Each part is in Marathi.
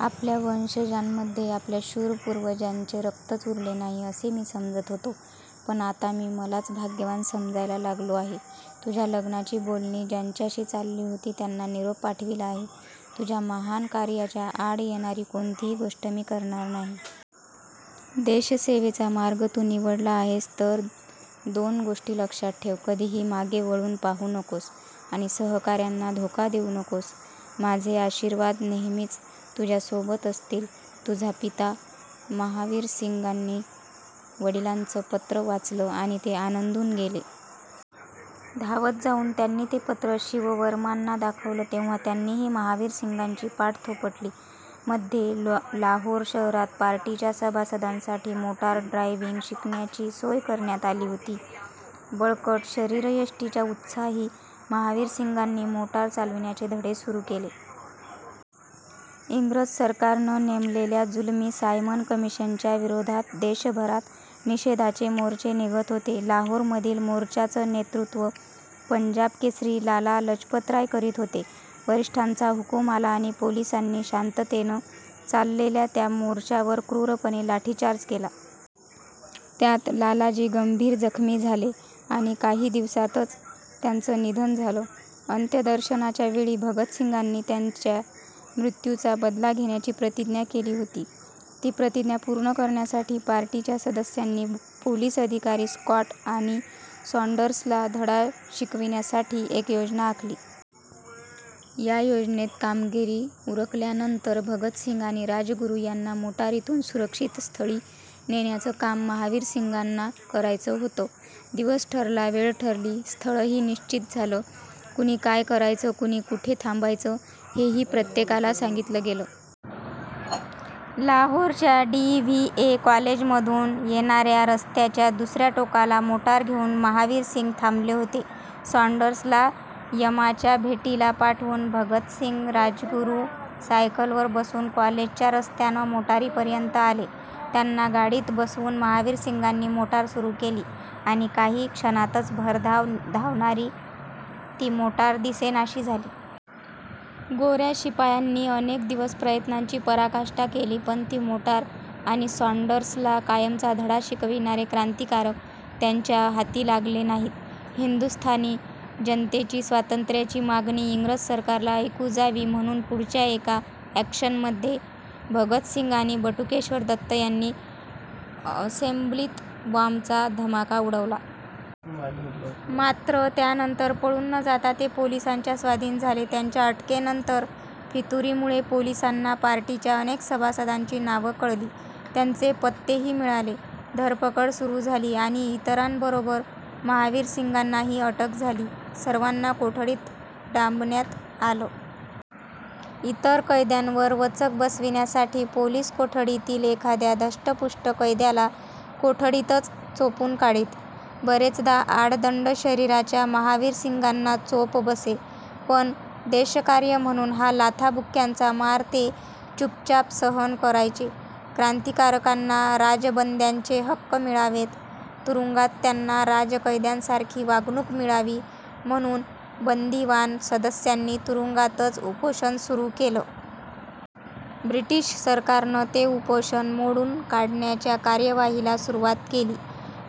आपल्या वंशजांमध्ये आपल्या शूर पूर्वजांचे रक्तच उरले नाही, असे मी समजत होतो. पण आता मी मलाच भाग्यवान समजायला लागलो आहे. तुझ्या लग्नाची बोलणी ज्यांच्याशी चालली होती, त्यांना निरोप पाठविला आहे. तुझ्या महान कार्याच्या आड येणारी कोणतीही गोष्ट मी करणार नाही. देशसेवेचा मार्ग तू निवडला आहेस तर दोन गोष्टी लक्षात ठेव. कधीही मागे वळून पाहू नकोस आणि सहका-यांना धोका देऊ नकोस. माझे आशीर्वाद नेहमीच तुझ्यासोबत असतील. तुझा पिता, महावीरसिंगांनी वडिलांचं पत्र वाचलं आणि ते आनंदून गेले. धावत जाऊन त्यांनी ते पत्र शिववर्मांना दाखवलं, तेव्हा त्यांनीही महावीरसिंगांची पाठ थोपटली. मध्ये लाहोर शहरात पार्टीच्या सभासदांसाठी मोटार ड्रायव्हिंग शिकण्याची सोय करण्यात आली होती. बळकट शरीरयष्टीच्या उत्साही महावीरसिंगांनी मोटार चालविण्याचे धडे सुरू केले. इंग्रज सरकारनं नेमलेल्या जुलमी सायमन कमिशनच्या विरोधात देशभरात निषेधाचे मोर्चे निघत होते. लाहोरमधील मोर्चाचं नेतृत्व पंजाब केसरी लाला लजपतराय करीत होते. वरिष्ठांचा हुकूम आला आणि पोलिसांनी शांततेनं चाललेल्या त्या मोर्चावर क्रूरपणे लाठीचार्ज केला. त्यात लालाजी गंभीर जखमी झाले आणि काही दिवसांतच त्यांचं निधन झालं. अंत्यदर्शनाच्या वेळी भगतसिंगांनी त्यांच्या मृत्यूचा बदला घेण्याची प्रतिज्ञा केली होती. ती प्रतिज्ञा पूर्ण करण्यासाठी पार्टीच्या सदस्यांनी पोलीस अधिकारी स्कॉट आणि साँडर्सला धडा शिकविण्यासाठी एक योजना आखली. या योजनेत कामगिरी उरकल्यानंतर भगतसिंग आणि राजगुरू यांना मोटारीतून सुरक्षित स्थळी नेण्याचं काम महावीरसिंगांना करायचं होतं. दिवस ठरला, वेळ ठरली, स्थळही निश्चित झालं. कुणी काय करायचं, कुणी कुठे थांबायचं, हेही प्रत्येकाला सांगितलं गेलं. लाहोरच्या डी. व्ही. ए. कॉलेजमधून येणा-या रस्त्याच्या दुस-या टोकाला मोटार घेऊन महावीरसिंग थांबले होते. साँडर्सला यमाच्या भेटीला पाठवून भगतसिंग, राजगुरू सायकलवर बसून कॉलेजच्या रस्त्यानं मोटारीपर्यंत आले. त्यांना गाडीत बसवून महावीरसिंगांनी मोटार सुरू केली आणि काही क्षणातच भरधाव धावणारी ती मोटार दिसेनाशी झाली. गो-या शिपायांनी अनेक दिवस प्रयत्नांची पराकाष्ठा केली, पण ती मोटार आणि साँडर्सला कायमचा धडा शिकविणारे क्रांतिकारक त्यांच्या हाती लागले नाहीत. हिंदुस्थानी जनतेची स्वातंत्र्याची मागणी इंग्रज सरकारला ऐकू जावी म्हणून पुढच्या एका अॅक्शनमध्ये भगतसिंग आणि बटुकेश्वर दत्त यांनी असेंब्लीत बॉम्बचा धमाका उडवला. मात्र त्यानंतर पळून न जाता ते पोलिसांच्या स्वाधीन झाले. त्यांच्या अटकेनंतर फितुरीमुळे पोलिसांना पार्टीच्या अनेक सभासदांची नावं कळली. त्यांचे पत्तेही मिळाले. धरपकड सुरू झाली आणि इतरांबरोबर महावीरसिंगांनाही अटक झाली. सर्वांना कोठडीत डांबण्यात आलं. इतर कैद्यांवर वचक बसविण्यासाठी पोलीस कोठडीतील एखाद्या धष्टपुष्ट कैद्याला कोठडीतच चोपून काढीत. बरेचदा आडदंड शरीराच्या महावीरसिंगांना चोप बसे. पण देशकार्य म्हणून हा लाथाबुक्क्यांचा मार ते चुपचाप सहन करायचे. क्रांतिकारकांना राजबंद्यांचे हक्क मिळावेत, तुरुंगात त्यांना राजकैद्यांसारखी वागणूक मिळावी म्हणून बंदिवान सदस्यांनी तुरुंगातच उपोषण सुरू केलं. ब्रिटीश सरकारनं ते उपोषण मोडून काढण्याच्या कार्यवाहीला सुरुवात केली.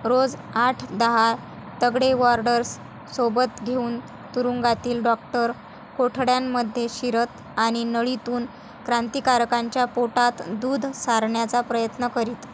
रोज आठ-दहा तगडे वॉर्डर्स सोबत घेऊन तुरुंगातील डॉक्टर कोठड्यांमध्ये शिरत आणि नळीतून क्रांतिकारकांच्या पोटात दूध सारण्याचा प्रयत्न करीत.